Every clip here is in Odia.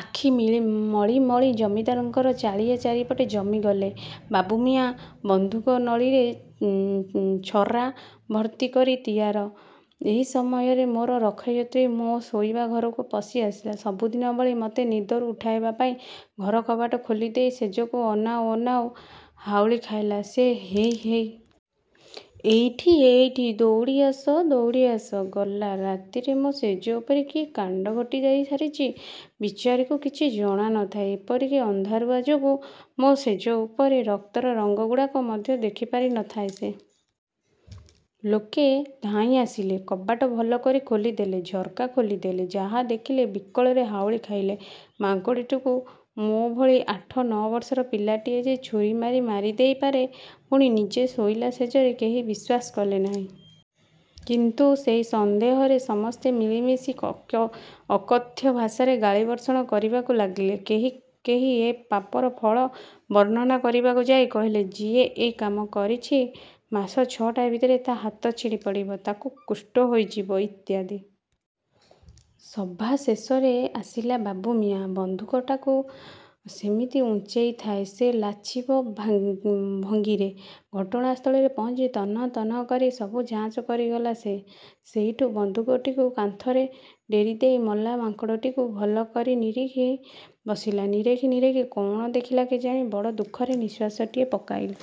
ଆଖି ମଳିମଳି ଜମିଦାରଙ୍କ ଚାଳିଆ ଚାରିପଟେ ଜମିଗଲେ। ବାବୁମିଆଁ ବନ୍ଧୁକ ନଳୀରେ ଛର୍ରା ଭର୍ତ୍ତି କରି ତିଆର୍। ଏହି ସମୟରେ ମୋର ରକ୍ଷୟିତ୍ରୀ ମୋ ଶୋଇବା ଘରକୁ ପଶି ଆସିଲା ସବୁଦିନ ଭଳି ମତେ ନିଦରୁ ଉଠେଇବା ପାଇଁ। ଘର କବାଟ ଖୋଲି ଦେଇ ଶେଯକୁ ଅନାଉ ଅନାଉ ହାଉଳି ଖାଇଲା ସେ ହେଇ ହେଇ! ଏଇଠି ଏଇଠି! ଦଉଡ଼ି ଆସ ଦଉଡ଼ି ଆସ! ଗଲା ରାତିରେ ମୋ ଶେଯ ଉପରେ କି କାଣ୍ଡ ଘଟି ଯାଇସାରିଛି ବିଚାରୀକୁ କିଛି ଜଣା ନ ଥାଏ। ଏପରିକି, ଅନ୍ଧାରିଆ ଯୋଗୁଁ ମୋ ଶେଯ ଉପରେ ରକ୍ତର ରଙ୍ଗ ଗୁଡ଼ାକୁ ମଧ୍ୟ ଦେଖିପାରି ନ ଥାଏ ସେ। ଲୋକେ ଧାଇଁ ଆସିଲେ। କବାଟ ଭଲ କରି ଖୋଲିଦେଲେ। ଝର୍କା ଖୋଲି ଦେଲେ। ଯାହାଦେଖିଲେ ବିକଳରେ ହାଉଳି ଖାଇଲେ। ମାଙ୍କଡ଼ଟାକୁ ମୋ ଭଳି ଆଠ ନ' ବର୍ଷର ପିଲାଟାଏ ଯେ ଛୁରୀ ମାରି ମାରିଦେଇ ପାରେ ପୁଣି ନିଜ ଶୋଇଲା ଶେଯରେ କେହି ବିଶ୍ୱାସ କଲେ ନାହିଁ। କିନ୍ତୁ ସେହି ସନ୍ଦେହରେ ସମସ୍ତେ ମିଳିମିଶି ଅକଥ୍ୟ ଭାଷାରେ ଗାଳିବର୍ଷଣ କରିବାକୁ ଲାଗିଲେ। କେହି କେହି ଏ ପାପର ଫଳ ବର୍ଣ୍ଣନା କରିବାକୁ ଯାଇ କହିଲେ, ଯେ ଏ କାମ କରିଛି ମାସ ଛଅଟା ଭିତରେ ତା' ହାତ ଛିଡ଼ି ପଡ଼ିବ। ତାକୁ କୁଷ୍ଠ ହୋଇଯିବ ଇତ୍ୟାଦି। ସଭାଶେଷରେ ଆସିଲା ବାବୁମିଆଁ। ବନ୍ଧୁକଟାକୁ ସେମିତି ଉଞ୍ଚେଇଥାଏ ସେ ଲାଛିବା ଭଙ୍ଗିରେ। ଘଟଣାସ୍ଥଳରେ ପହଞ୍ଚି ତନଃ ତନଃ କରି ସବୁ ଯାଞ୍ଚ କରିଗଲା ସେ। ସେଇଠୁ ବନ୍ଧୁକଟାକୁ କାନ୍ଥରେ ଡେରି ଦେଇ ମଲା ମାଙ୍କଡ଼ଟାକୁ ଭଲି କରି ନିରେଖି ବସିଲା। ନିରେଖି ନିରେଖି କ'ଣ ଦେଖିଲା କେଜାଣି ବଡ଼ ଦୁଃଖରେ ନିଃଶ୍ୱାସଟିଏ ପକେଇଲା।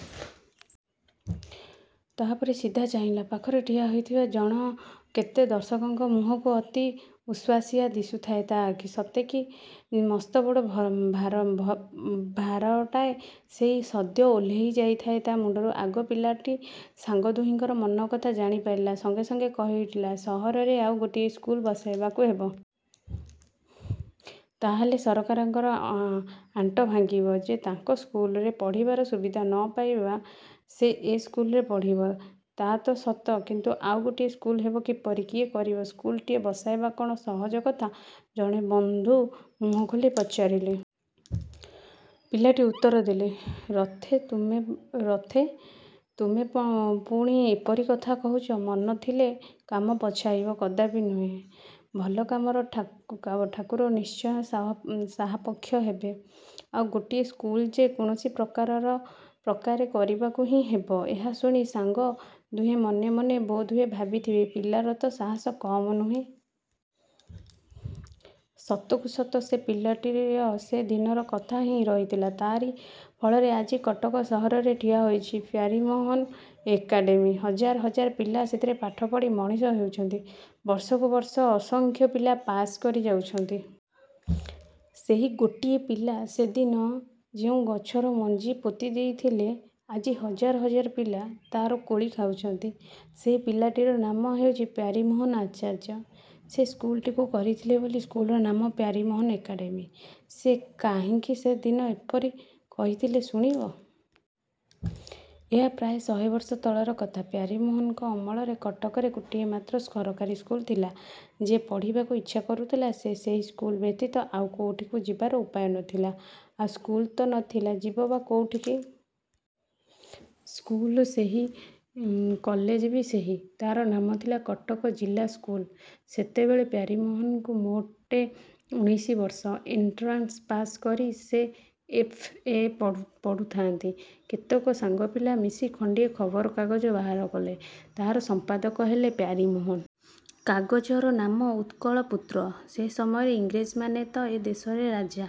ତାପରେ ସିଧା ଚାହିଁଲା ପାଖରେ ଠିଆ ହେଇଥିବା ଜଣକେତେ ଦର୍ଶକଙ୍କ ମୁହଁକୁ। ଅତି ଉଶ୍ୱାସିଆ ଦିଶୁଥାଏ ତା ଆଖି। ସତେକି ମସ୍ତବଡ଼ ଭାରାଟାଏ ସେଇ ସଦ୍ୟ ଓହ୍ଲେଇ ଯାଇଥାଏ ତା ମୁଣ୍ଡରୁ। ଆଗ ପିଲାଟି ସାଙ୍ଗ ଦୁହିଁଙ୍କର ମନକଥା ଜାଣିପାରିଲେ। ସାଙ୍ଗେ ସାଙ୍ଗେ କହି ଉଠିଲେ ସହରରେ ଆଉ ଗୋଟିଏ ସ୍କୁଲ ବସାଇବାକୁ ହେବ। ତା ହେଲେ ସରକାରଙ୍କ ଆଣ୍ଟ ଭାଙ୍ଗିବ। ଯେ ତାଙ୍କ ସ୍କୁଲରେ ପଢ଼ିବାର ସୁବିଧା ନ ପାଇବ ସେ ଏ ସ୍କୁଲରେ ପଢ଼ିବ। ତା ତ ସତ କିନ୍ତୁ ଆଉ ଗୋଟିଏ ସ୍କୁଲ ହେବ କିପରି? କିଏ କରିବ? ସ୍କୁଲଟିଏ ବସାଇବା କଅଣ ସହଜ କଥା ଜଣେ ବନ୍ଧୁ ମୁହଁ ଖୋଲି ପଚାରିଲେ। ପିଲାଟି ଉତ୍ତର ଦେଲେ, "ରଥେ, ତୁମେ ପୁଣି ଏପରି କଥା କହୁଛ? ମନ ଥିଲେ କାମ ପଛାଇବ? କଦାପି ନୁହେ। ଭଲ କାମରେ ଠାକୁରେ ନିଶ୍ଚୟ ସାହାପକ୍ଷ ହେବେ। ଆଉ ଗୋଟାଏ ସ୍କୁଲ ଯେ କୌଣସି ପ୍ରକାରେ କରିବାକୁ ହିଁ ହେବ। ଏହା ଶୁଣି ସାଙ୍ଗ ଦୁହେଁ ମନେମନେ ବୋଧହୁଏ ଭାବିଥିବେ ପିଲାର ତ ସାହସ କମ୍ ନୁହେ! ସତକୁ ସତ ସେ ପିଲାଟିର ସେ ଦିନର କଥା ହିଁ ରହିଥିଲା। ତାରି ଫଳରେ ଆଜି କଟକ ସହରରେ ଠିଆ ହୋଇଛି ପ୍ୟାରୀମୋହନ ଏକାଡେମୀ ହଜାର ହଜାର ପିଲା ସେଥିରେ ପାଠ ପଢ଼ି ମଣିଷ ହେଉଛନ୍ତି। ବର୍ଷକୁ ବର୍ଷ ଅସଂଖ୍ୟ ପିଲା ପାଶ୍ କରି ଯାଉଛନ୍ତି। ସେହି ଗୋଟିଏ ପିଲା ସେ ଦିନ ଯେଉଁ ଗଛର ମଞ୍ଜି ପୋତିଦେଇଥିଲେ, ଆଜି ହଜାର ହଜାର ପିଲା, ତାର କୋଳି ଖାଉଛନ୍ତି। ସେହି ପିଲାଟିର ନାମ ହେଉଛି ପ୍ୟାରୀମୋହନ ଆଚାର୍ଯ୍ୟ। ସେ ସ୍କୁଲଟିକୁ କରିଥିଲେ ବୋଲି ସ୍କୁଲର ନାମ 'ପ୍ୟାରୀମୋହନ ଏକାଡେମୀ'। ସେ କାହିଁକି ସେ ଦିନ ଏପରି କହିଥିଲେ ଶୁଣିବ? ଏହା ପ୍ରାୟ ଶହେ ବର୍ଷ ତଳର କଥା। ପ୍ୟାରୀମୋହନଙ୍କ ଅମଳରେ କଟକରେ ଗୋଟିଏ ମାତ୍ର ସରକାରୀ ସ୍କୁଲ ଥିଲା। ଯେ ପଢ଼ିବାକୁ ଇଛା କରୁଥିଲା, ସେ ସେହି ସ୍କୁଲ ବ୍ୟତୀତ ଆଉ କେଉଁଠାକୁ ଯିବାର ଉପାୟ ନ ଥିଲା। ଆଉ ସ୍କୁଲ ତ ନ ଥିଲା; ଯିବ ବା କେଉଁଠିକି? ସ୍କୁଲ ସେହି, କଲେଜ ବି ସେହି। ତାର ନାମ ଥିଲା କଟକ ଜିଲ୍ଲା ସ୍କୁଲ। ସେତେବେଳେ ପ୍ୟାରୀମୋହନଙ୍କୁ ମୋଟେ ଊଣେଇଶି ବର୍ଷ। ଏଣ୍ଟ୍ରାନ୍ସ ପାଶ୍ କରି ସେ ଏଫ୍. ଏ ପଢ଼ୁଥାଆନ୍ତି। କେତକ ସାଙ୍ଗପିଲା ମିଶି ଖଣ୍ଡିଏ ଖବର କାଗଜ ବାହାର କଲେ। ତାର ସମ୍ପାଦକ ହେଲେ ପ୍ୟାରୀମୋହନ। କାଗଜର ନାମ "ଉତ୍କଳପୁତ୍ର"। ସେ ସମୟରେ ଇଂରେଜମାନେ ତ ଏ ଦେଶରେ ରାଜା।